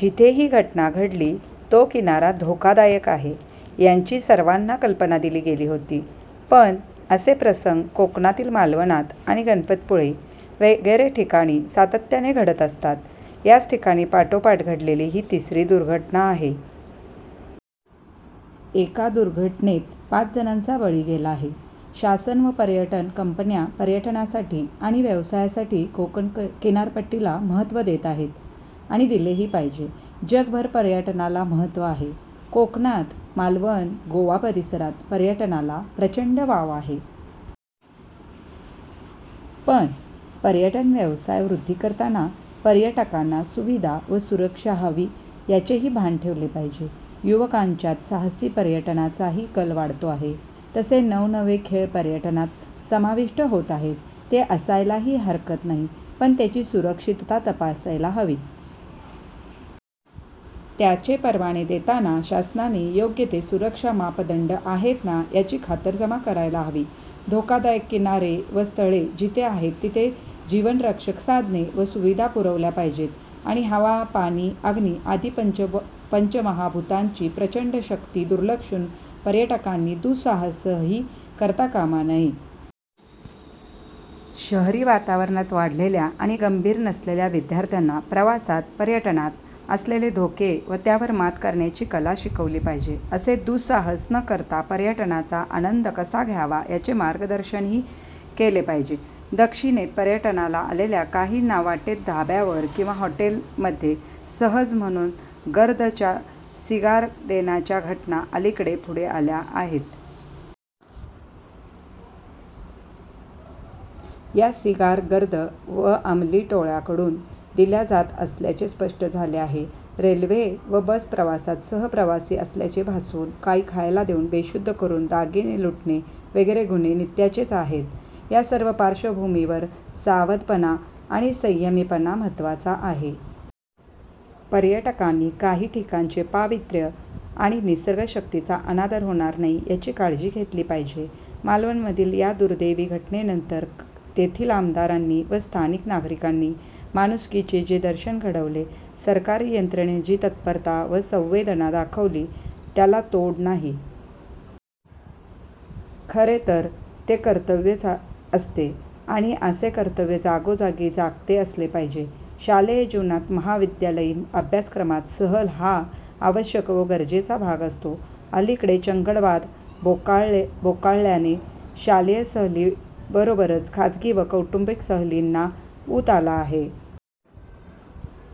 जिथे ही घटना घडली तो किनारा धोकादायक आहे यांची सर्वांना कल्पना दिली गेली होती. पण, असे प्रसंग कोकणातील मालवणात आणि गणपती पुळे वगैरे ठिकाणी सातत्याने घडत असतात. याच ठिकाणी पाठोपाठ घडलेली ही तिसरी दुर्घटना आहे. एका दुर्घटनेत पाच जणांचा बळी गेला आहे. शासन व पर्यटन कंपन्या पर्यटनासाठी आणि व्यवसायासाठी कोकण किनारपट्टीला महत्त्व देत आहेत आणि दिलेही पाहिजे. जगभर पर्यटनाला महत्त्व आहे. कोकणात, मालवण गोवा-परिसरात पर्यटनाला प्रचंड वाव आहे. पण, पर्यटन व्यवसाय वृद्धी करताना पर्यटकांना सुविधा व सुरक्षा हवी याचेही भान ठेवले पाहिजे. युवकांच्यात साहसी पर्यटनाचाही कल वाढतो आहे. तसे नव-नवे खेळ पर्यटनात समाविष्ट होत आहेत. ते असायलाही हरकत नाही. पण, त्याची सुरक्षितता तपासायला हवी. त्याचे परवाने देताना शासनाने योग्य ते सुरक्षा मापदंड आहेत ना याची खातरजमा करायला हवी. धोकादायक किनारे व स्थळे जिथे आहेत तिथे जीवनरक्षक साधने व सुविधा पुरवल्या पाहिजेत आणि हवा, पाणी, अग्नी आदी पंचमहाभूतांची प्रचंड शक्ती दुर्लक्षून पर्यटकांनी दु:साहसही करता कामा नये. शहरी वातावरणात वाढलेल्या आणि गंभीर नसलेल्या विद्यार्थ्यांना प्रवासात, पर्यटनात असलेले धोके व त्यावर मात करण्याची कला शिकवली पाहिजे. असे दु:साहस न करता पर्यटनाचा आनंद कसा घ्यावा याचे मार्गदर्शनही केले पाहिजे. दक्षिणेत पर्यटनाला आलेल्या काहींना वाटेत धाब्यावर किंवा हॉटेलमध्ये सहज म्हणून गर्दच्या सिगार देण्याच्या घटना अलीकडेच पुढे आल्या आहेत. या सिगार गर्द व अमली टोळय़ाकडून दिल्या जात असल्याचे स्पष्ट झाले आहे. रेल्वे व बस प्रवासात सहप्रवासी असल्याचे भासवून काही खायला देऊन बेशुद्ध करून दागिने लुटणे वगैरे गुन्हे नित्याचेच आहेत. या सर्व पार्श्वभूमीवर सावधपणा आणि संयमीपणा महत्त्वाचा आहे. पर्यटकांनी काही ठिकाणचे पावित्र्य आणि निसर्ग शक्तीचा अनादर होणार नाही याची काळजी घेतली पाहिजे. मालवणमधील या दुर्दैवी घटनेनंतर तेथील आमदारांनी व स्थानिक नागरिकांनी माणुसकीचे जे दर्शन घडवले, सरकारी यंत्रणेने जी तत्परता व संवेदना दाखवली त्याला तोड नाही. खरे तर ते कर्तव्यच असते आणि असे कर्तव्य जागोजागी जागते असले पाहिजे. शालेय जीवनात महाविद्यालयीन अभ्यासक्रमात सहल हा आवश्यक व गरजेचा भाग असतो. अलीकडे चंगळवाद बोकाळल्याने शालेय सहलीबरोबरच खासगी व कौटुंबिक सहलींना ऊत आला आहे.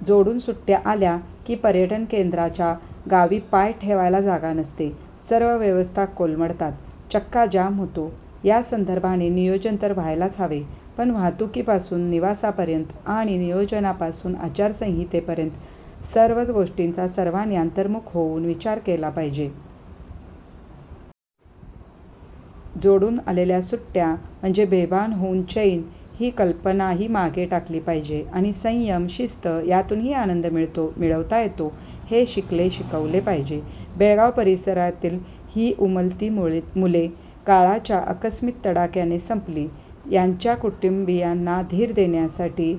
जोडून सुट्टय़ा आल्या की पर्यटन केंद्राच्या गावी पाय ठेवायला जागा नसते. सर्व व्यवस्था कोलमडतात. चक्काजाम होतो या संदर्भाने नियोजन तर व्हायलाच हवे. पण, वाहतुकीपासून निवासापर्यंत आणि नियोजनापासून आचारसंहितेपर्यंत सर्वच गोष्टीचा सर्वांनी अंतर्मुख होऊन विचार केला पाहिजे. जोडून आलेल्या सुट्टय़ा म्हणजे बेभान होऊन चैन ही कल्पनाही मागे टाकली पाहिजे आणि संयम, शिस्त यातूनही आनंद मिळतो, मिळवता येतो हे शिकले-शिकवले पाहिजे. बेळगाव परिसरातील ही उमलती मुले काळाच्या आकस्मिक तडाख्याने संपली. त्यांच्या कुटुंबीयांना धीर देण्यासाठी--